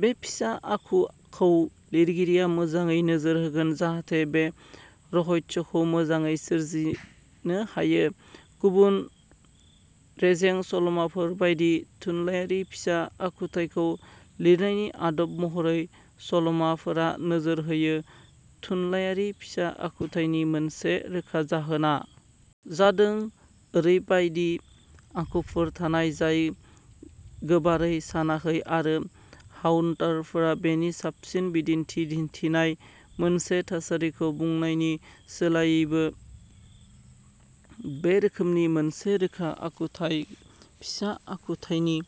बे फिसा आखु खौ लिरगिरिया मोजाङै नोजोर होगोन जाहाथे बे रहस्यखौ मोजाङै सोरजिनो हायो गुबुन रेजें सल'माफोर बायदि थुनलायारि फिसा आखुथाइखौ लिरनायनि आदब महरै सल'माफोरा नोजोर होयो थुनलायारि फिसा आखुथाइनि मोनसे रोखा जाहोनआ जादों ओरैबायदि आखुफोर थानाय जाय गोबारै सानाखै आरो हाउतारौआ बेनि साबसिन बिदिन्थि दिन्थिनाय मोनसे थासारिखौ बुंनायनि सोलायैबो बे रोखोमनि मोनसे रोखा आखुथाय फिसा आखुथाइनि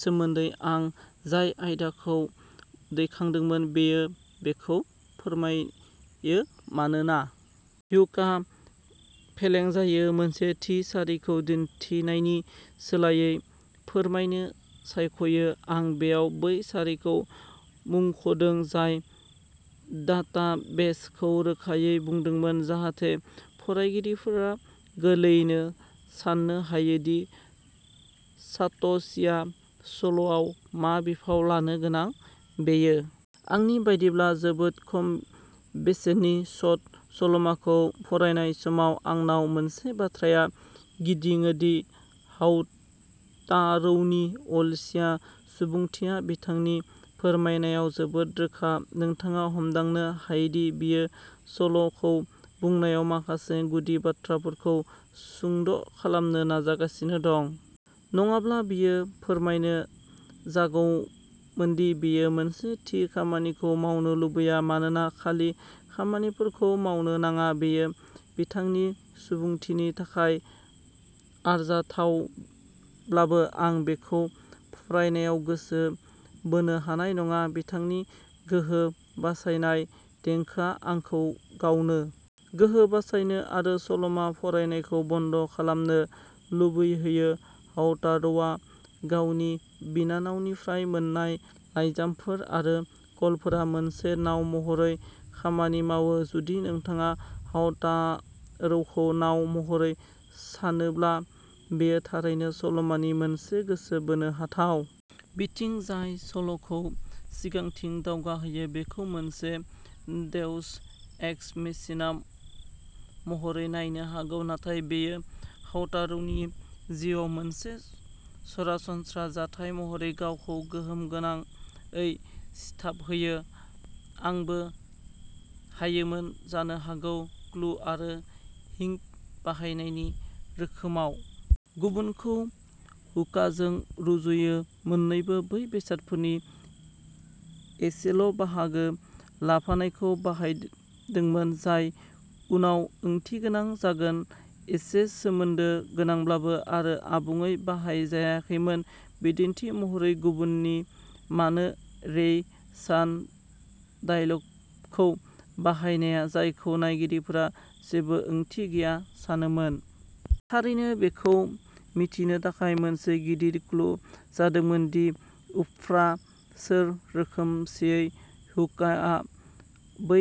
सोमोन्दै आं जाय आयदाखौ दैखांदोंमोन बेयो बेखौ फोरमायो मानोना ह्युका फेलें जायो मोनसे थि सारिखौ दिन्थिनायनि सोलायै फोरमायनो सायख'यो आं बेयाव बै सारिखौ मुंख'दों जाय डाटाबेस खौ रोखायै बुंदोंमोन जाहाथे फरायगिरिफोरा गोरलैयैनो सान्नो हायो दि सात'शीया सल'आव मा बिफाव लानो गोनां बेयो आंनि बायदिब्ला जोबोद खम बेसेननि शट सल'माखौ फरायनाय समाव आंनाव मोनसे बाथ्राया गिदिङो दि हाउतारौनि अलसिया सुबुंथिया बिथांनि फोरमायनायाव जोबोद रोखा नोंथाङा हमदांनो हायोदि बियो सल'खौ बुंनायाव माखासे गुदि बाथ्राफोरखौ सुंद'खालामनो नाजागासिनो दं नङाब्ला बियो फोरमायनो जागौदि बियो मोनसे थि खामानिखौ मावनो लुबैया मानोना खालि खामानिफोरखौ मावनो नाङा बेयो बिथांनि सुबुंथिनि थाखाय आरजाथावब्लाबो आं बेखौ फरायनायाव गोसो बोनो हानाय नङा बिथांनि गोहो बासायनाय देंखोआ आंखौ गावनो गोहो बासायनो आरो सल'मा फरायनायखौ बन्द खालामनो लुबैहोयो हाउतारौआ गावनि बिनानावनिफ्राय मोन्नाय लाइजामफोर आरो कलफोरा मोनसे नाव महरै खामानि मावो जुदि नोंथाङा हाउतारौखौ नाव महरै सानोब्ला बेयो थारैनो सल'मानि मोनसे गोसो बोनो हाथाव बिथिं जाय सल'खौ सिगांथिं दावगाहोयो बेखौ मोनसे देउस एक्स मेसिना महरै नायनो हागौ नाथाय बेयो हाउतारौनि जिउआव मोनसे सरासनस्रा जाथाय महरै गावखौ गोहोमगोनाङै सिथाबहोयो आंबो हायोमोन जानो हागौ क्लु आरो हिंट बाहायनायनि रोखोमाव गुबुनखौ ह्युकाजों रुजुयो मोननैबो बै बेसादफोरनि एसेल'बाहागो लाफानायखौ बाहायदोंमोन जाय उनाव ओंथिगोनां जागोन एसे सोमोन्दो गोनांब्लाबो आरो आबुङै बाहायजायाखैमोन बिदिन्थि महरै गुबुननि मानो रेइ चान डायलगखौ बाहायनाया जायखौ नायगिरिफोरा जेबो ओंथि गैया सानोमोन थारैनो बेखौ मिथिनो थाखाय मोनसे गिदिर क्लु जादोंमोन दि उफ्रा सोर रोखोमसेयै ह्युकाहा बै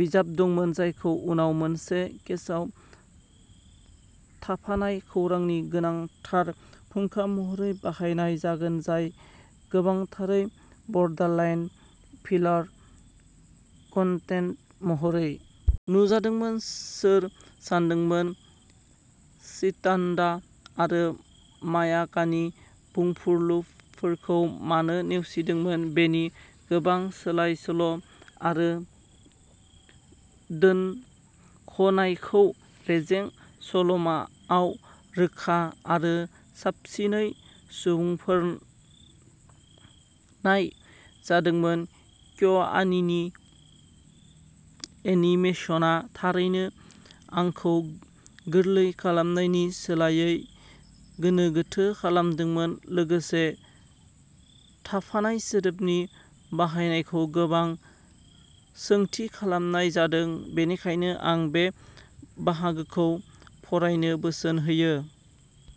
बिजाब दंमोन जायखौ उनाव मोनसे केसआव थाफानाय खौरांनि गोनांथार फुंखा महरै बाहायनाय जागोन जाय गोबांथारै बर्डारलाइन फिलार कन्टेन्ट महरै नुजादोंमोन सोर सानदोंमोन चिटान्डा आरो मायाकानि बुंफुरलुफोरखौ मानो नेवसिदोंमोन बेनि गोबां सोलाय सोल' आरो दोनख'नायखौ रेजें सल'माआव रोखा आरो साबसिनै सुबुंफोरनाय जादोंमोन क्य'आनीनि एनिमेशनआ थारैनो आंखौ गोरलै खालामनायनि सोलायै गोनो गोथो खालामदोंमोन लोगोसे थाफानाय सोदोबनि बाहायनायखौ गोबां सोंथि खालामनाय जादों बेनिखायनो आं बे बाहागोखौ फरायनो बोसोन होयो।